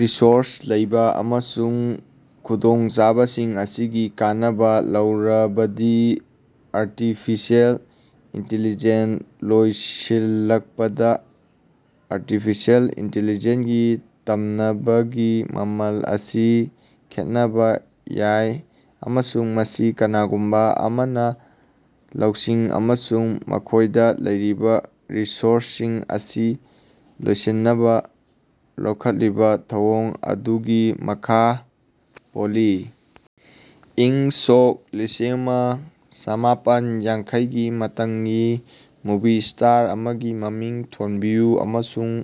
Resources ꯂꯩꯕꯥ ꯑꯃꯁꯨꯡ ꯈꯨꯗꯣꯡꯆꯥꯕꯁꯤꯡ ꯑꯁꯤꯒꯤ ꯀꯥꯟꯅꯕꯥ ꯂꯧꯔꯕꯗꯤ ꯑꯔꯇꯤꯐꯤꯁꯦꯜ ꯏꯟꯇꯤꯂꯤꯖꯦꯟ ꯂꯣꯏꯁꯤꯜꯂꯛꯄꯗꯥ ꯑꯔꯇꯤꯐꯤꯁꯦꯜ ꯏꯟꯇꯤꯂꯤꯖꯦꯟꯒꯤ ꯇꯝꯅꯕꯒꯤ ꯃꯃꯜ ꯑꯁꯤ ꯈꯦꯠꯅꯕꯥ ꯌꯥꯏ ꯑꯃꯁꯨꯡ ꯃꯁꯤ ꯀꯅꯥꯒꯨꯝꯕꯥ ꯑꯃꯅꯥ ꯂꯧꯁꯤꯡ ꯑꯃꯁꯨꯡ ꯃꯈꯣꯏꯗꯥ ꯂꯩꯔꯤꯕꯥ ꯔꯤꯁꯣꯔꯁꯁꯤꯡ ꯑꯁꯤ ꯂꯣꯏꯁꯤꯟꯅꯕꯥ ꯂꯧꯈꯠꯂꯤꯕꯥ ꯊꯧꯑꯣꯡ ꯑꯗꯨꯒꯤ ꯃꯈꯥ ꯄꯣꯜꯂꯤ꯫ ꯏꯪ ꯁꯣꯛ ꯂꯤꯁꯤꯑꯃ ꯆꯥꯝꯃꯥꯄꯟ ꯌꯥꯡꯈꯩꯒꯤ ꯃꯇꯝꯒꯤ ꯃꯨꯚꯤ ꯁ꯭ꯇꯥꯔ ꯑꯃꯒꯤ ꯃꯃꯤꯡ ꯊꯣꯟꯕꯤꯌꯨ ꯑꯃꯁꯨꯡ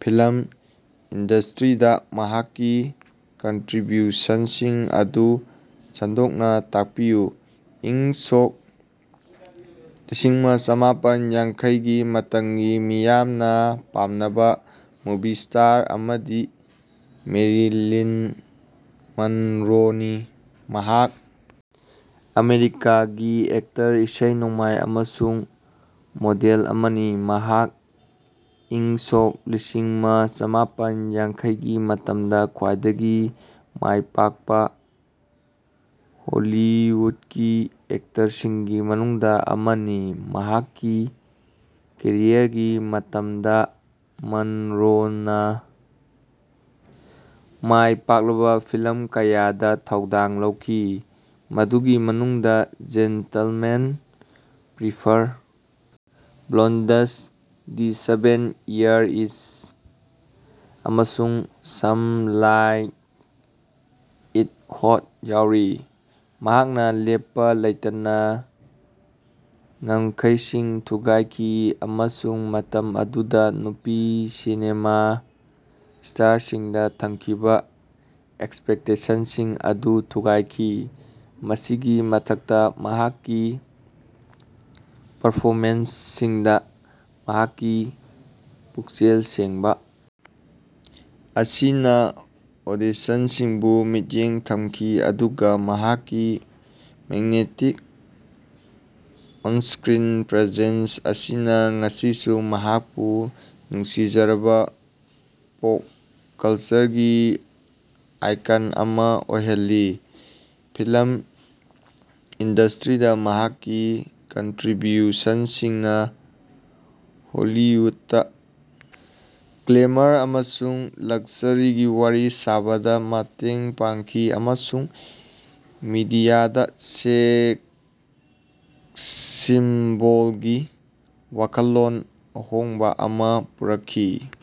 ꯐꯤꯂꯝ ꯏꯟꯗꯁꯇ꯭ꯔꯤꯗꯥ ꯃꯍꯥꯛꯀꯤ ꯀꯟꯇ꯭ꯔꯤꯕ꯭ꯌꯨꯁꯟꯁꯤꯡ ꯑꯗꯨ ꯁꯟꯗꯣꯛꯅꯥ ꯇꯥꯛꯄꯤꯌꯨ꯫ ꯏꯪ ꯁꯣꯛ ꯂꯤꯁꯤꯑꯃ ꯆꯥꯝꯃꯥꯄꯟ ꯌꯥꯡꯈꯩꯒꯤ ꯃꯇꯝꯒꯤ ꯃꯤꯌꯥꯝꯅꯥ ꯄꯥꯝꯅꯕꯥ ꯃꯨꯚꯤ ꯁ꯭ꯇꯥꯔ ꯑꯃꯗꯤ ꯃꯦꯔꯤꯂꯤꯟ ꯃꯟꯔꯣꯅꯤ꯫ ꯃꯍꯥꯛ ꯑꯃꯦꯔꯤꯀꯥꯒꯤ ꯑꯦꯛꯇꯔ, ꯏꯁꯩ ꯅꯣꯡꯃꯥꯏ ꯑꯃꯁꯨꯡ ꯃꯣꯗꯦꯜ ꯑꯃꯅꯤ, ꯃꯍꯥꯛ ꯏꯪ ꯁꯣꯛ ꯂꯤꯁꯤꯑꯃ ꯆꯥꯝꯃꯥꯄꯟ ꯌꯥꯡꯈꯩꯒꯤ ꯃꯇꯝꯗꯥ ꯈ꯭ꯋꯥꯏꯗꯒꯤ ꯃꯥꯏꯄꯥꯛꯄꯥ ꯍꯣꯂꯤꯋꯨꯠꯀꯤ ꯑꯦꯛꯇꯔꯁꯤꯡꯒꯤ ꯃꯅꯨꯡꯗꯥ ꯑꯃꯅꯤ꯫ ꯃꯍꯥꯛꯀꯤ ꯀꯦꯔꯤꯌꯔꯒꯤ ꯃꯇꯝꯗꯥ ꯃꯟꯔꯣꯅꯥ ꯃꯥꯏꯄꯥꯛꯂꯕꯥ ꯐꯤꯂꯝ ꯀꯌꯥꯗꯥ ꯊꯧꯗꯥꯡ ꯂꯧꯈꯤ, ꯃꯗꯨꯒꯤ ꯃꯅꯨꯡꯗꯥ "gentlemen prefer blondes", "the seven year itch" ꯑꯃꯁꯨꯡ "ꯁꯝ ꯂꯥꯏꯛ ꯏꯠ ꯍꯣꯠ" ꯌꯥꯎꯔꯤ꯫ ꯃꯍꯥꯛꯅꯥ ꯂꯦꯞꯄꯥ ꯂꯩꯇꯅꯥ ꯉꯝꯈꯩꯁꯤꯡ ꯊꯨꯒꯥꯏꯈꯤ ꯑꯃꯁꯨꯡ ꯃꯇꯝ ꯑꯗꯨꯗꯥ ꯅꯨꯄꯤ ꯁꯤꯅꯦꯃꯥ ꯁ꯭ꯇꯥꯔꯁꯤꯡꯗꯥ ꯊꯝꯈꯤꯕꯥ ꯑꯦꯛꯁꯄꯦꯛꯇꯦꯁꯟꯁꯤꯡ ꯑꯗꯨ ꯊꯨꯒꯥꯏꯈꯤ꯫ ꯃꯁꯤꯒꯤ ꯃꯊꯛꯇꯥ, ꯃꯍꯥꯛꯀꯤ ꯄꯔꯐꯣꯃꯦꯟꯁꯁꯤꯡꯗꯥ ꯃꯍꯥꯛꯀꯤ ꯄꯨꯛꯆꯦꯜ ꯁꯦꯡꯕꯥ ꯑꯁꯤꯅꯥ ꯑꯣꯗꯤꯁꯟꯁꯤꯡꯕꯨ ꯃꯤꯠꯌꯦꯡ ꯊꯝꯈꯤ, ꯑꯗꯨꯒꯥ ꯃꯍꯥꯛꯀꯤ ꯃꯦꯛꯅꯦꯇꯤꯛ ꯑꯣꯟꯁꯀ꯭ꯔꯤꯟ ꯄ꯭ꯔꯦꯖꯦꯟꯁ ꯑꯁꯤꯅꯥ ꯉꯁꯤꯁꯨ ꯃꯍꯥꯛꯄꯨ ꯅꯨꯡꯁꯤꯖꯔꯕꯥ ꯄꯣꯞ ꯀꯜꯆꯔꯒꯤ ꯑꯥꯏꯀꯟ ꯑꯃꯥ ꯑꯣꯏꯍꯜꯂꯤ꯫ ꯐꯤꯂꯝ ꯏꯟꯗꯁꯇ꯭ꯔꯤꯗꯥ ꯃꯍꯥꯛꯀꯤ ꯀꯟꯇ꯭ꯔꯤꯕ꯭ꯌꯨꯁꯟꯁꯤꯡꯅꯥ ꯍꯣꯂꯤꯋꯨꯗꯇꯥ ꯒ꯭ꯂꯦꯃꯔ ꯑꯃꯁꯨꯡ ꯂꯛꯁꯥꯔꯤꯒꯤ ꯋꯥꯔꯤ ꯁꯥꯕꯗꯥ ꯃꯇꯦꯡ ꯄꯥꯡꯈꯤ ꯑꯃꯁꯨꯡ ꯃꯤꯗꯤꯌꯥꯗꯥ ꯁꯦꯛꯁ ꯁꯤꯝꯕꯣꯜꯒꯤ ꯋꯥꯈꯜꯂꯣꯟ ꯑꯍꯣꯡꯕꯥ ꯑꯃꯥ ꯄꯨꯔꯛꯈꯤ꯫